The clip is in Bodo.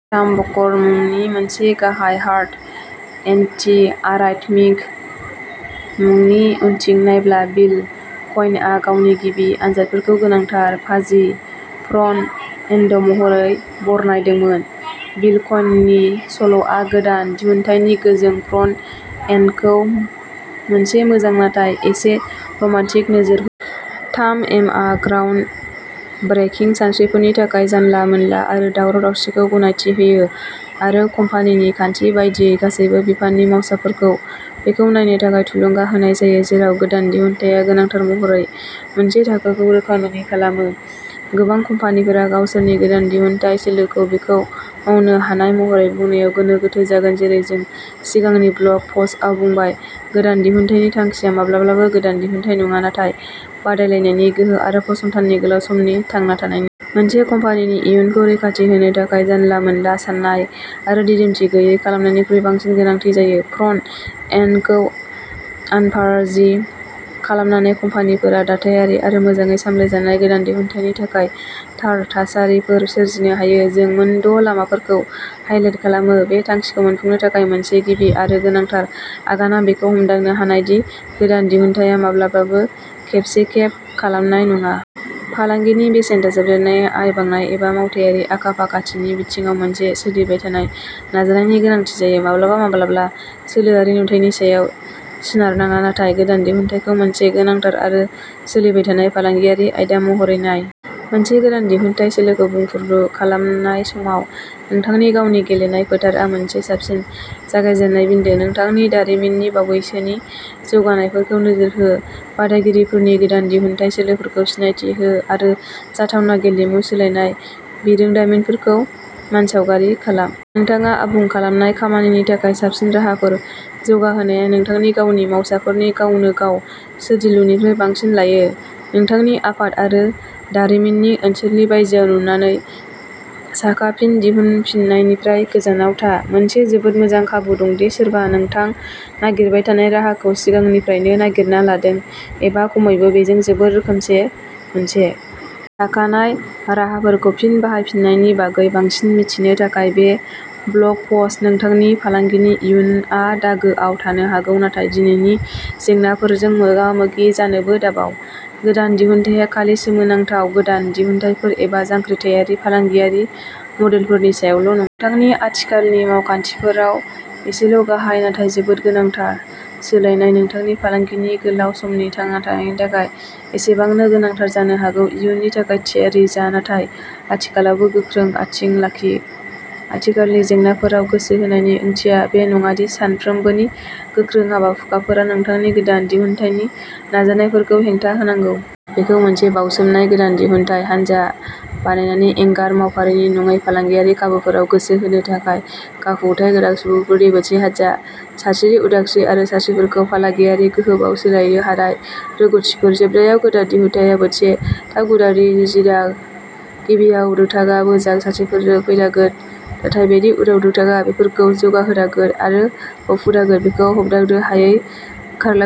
टामबक'र मुंनि मोनसे गाहाय हार्ट एन्टीआराइथमिक मुलि उनथिं नायब्ला बिल क'इनआ गावनि गिबि आनजादफोरखौ गोनांथार फाजि फ्रन्ट एन्ड'महरै बरनायदोंमोन। बिल क'इननि सल'आ गोदान दिहुनथायनि गोजों फ्रन्ट एन्डखौ मोनसे मोजां नाथाय एसे रमान्टिक नोजोर । थाम एमआ ग्राउन्ड ब्रेकिं सानस्रिफोरनि थाखाय जानला मोनला आरो दावराव दावसिखौ गनायथि होयो आरो कम्पानिनि खान्थि बायदियै गासैबो बिफाननि मावसाफोरखौ बेखौ नायनो थाखाय थुलुंगा होनाय जायो। जेराव गोदान दिहुनथाया गोनांथार महरै मोनसे थाखोखौ रोखा नङि खालामो गोबां कम्पानिफोरा गावसोरनि गोदान दिहुनथाइ सोलोखौबेखौ मावनो हानाय महरै बुंनायाव गोनो गोथो जागोन जेरै जों सिगांनि ब्लग पस्टआव बुंबाय गोदान दिहुनथायनि थांखिया माब्लाबाबो गोदान दिहुनथाइ नङा नाथाय बादायलायनायनि गोहो आरो फसंथाननि गोलाव समनि थांना थानायनि। मोनसे कम्पानिनि इयुनखौ रैखाथि होनो थाखाय जानला मोनला साननाय आरो दिदोमथि गैयै खालामनायनिख्रुइ बांसिन गोनांथि जायो। फ्रन्ट एन्डखौ'आनफाजि'खालामनानै कम्पानिफोरा दाथायारि आरो मोजाङै सामलायजानाय गोदान दिहुनथायनि थाखाय थार थासारिफोर सोरजिनो हायो। जों मोनद'लामाफोरखौ हाईलाइट खालामो बे थांखिखौ मोनफुंनो थाखाय मोनसे गिबि आरो गोनांथार आगानआ बेखौ हमदांनो हानाय दि गोदान दिहुनथाया माब्लाबाबो खेबसे खेब खालामनाय नङा। फालांगिनि बेसेन दाजाबदेरनाया आय बांनाय एबा मावथायारि आखा फाखाथिनि बिथिङाव मोनसे सोलिबाय थानाय नाजानायनि गोनांथि जायो। माब्लाबा माब्लाबा सोलोआरि नुथायनि सायाव सोनारनाङा नाथाय गोदान दिहुनथायखौ मोनसे गोनांथार आरो सोलिबाय थानाय फालांगियारि आयदा महरै नाय। मोनसे गोदान दिहुनथाइ सोलोखौ बुंफुरलु खालामनाय समाव नोंथांनि गावनि गेलेनाय फोथारआ मोनसे साबसिन जागायजेननाय बिन्दो। नोंथांनि दारिमिननि बावैसोनि जौगानायफोरखौ नोजोर हो बादायगिरिफोरनि गोदान दिहुनथाइ सोलोफोरखौ सिनायथि हो आरो जाथावना गेलेमु सोलायनाय बिरोंदामिनफोरखौ मानसावगारि खालाम। नोंथाङा आबुं खालामनाय खामानिनि थाखाय साबसिन राहाफोर जौगाहोनाया नोंथांनि गावनि मावसाफोरनि गावनो गाव सोरजिलुनिफ्राय बांसिन लायो। नोंथांनि आफाद आरो दारिमिननि ओनसोलनि बायजोआव नुनानै साखा फिन दिहुनफिननायनिफ्राय गोजानाव था। मोनसे जोबोद मोजां खाबु दं दि सोरबा नोंथां नागिरबाय थानाय राहाखौ सिगांनिफ्रायनो नागिरना लादों एबा खमैबो बेजों जोबोद रोखोमसे मोनसे। थाखानाय राहाफोरखौ फिन बाहायफिन्नायनि बागै बांसिन मिथिनो थाखाय। बे ब्लग पस्ट। नोंथांनि फालांगिनि इयुनआ दागोआव थानो हागौ नाथाय दिनैनि जेंनाफोरजों मोगा मोगि जानोबो दाबाव। गोदान दिहुनथाया खालि सोमोनांथाव गोदान दिहुनथायफोर एबा जांख्रिथायारि फालांगियारि मदेलफोरनि सायावल'नङा। नोंथांनि आथिखालनि मावखान्थिफोराव एसेल'गाहाय नाथाय जोबोद गोनांथार सोलायनायआ नोंथांनि फालांगिनि गोलाव समनि थांना थानायनि थाखाय एसेबांनो गोनांथार जानो हागौ। इयुननि थाखाय थियारि जा नाथाय आथिखालावबो गोख्रों आथिं लाखि। आथिखालनि जेंनाफोराव गोसो होनायनि ओंथिया बे नङा दि सानफ्रोमबोनि गोख्रों हाबा हुखाफोरा नोंथांनि गोदान दिहुनथायनि नाजानायफोरखौ हेंथा होनांगौ। बेखौ मोनसे बावसोमनाय गोदान दिहुनथाय हानजा बानायनानै एंगार मावफारिनि नङै फालांगियारि खाबुफोराव गोसो होनो थाखाय गावखुंथाय गोनां सुबुंफोरनि मोनसे हानजा सानस्रिनि उदांस्रि आरो सानस्रिफोरखौ फालांगियारि गोहोमआव सोलायनो हानाय रोंग'थिफोर। जोबनायाव गोदान दिहुनथाया मोनसे थाम गुनारि जुजिनां गिबियाव नोंथाङा मोजां सानस्रिफोरजों फैनांगोन नाथाय बेनि उनाव नोंथाङा बेफोरखौ जौगाहोनांगोन आरो मावफुंनांगोन। बेखौ हमदांनो हायै ओंखारलां।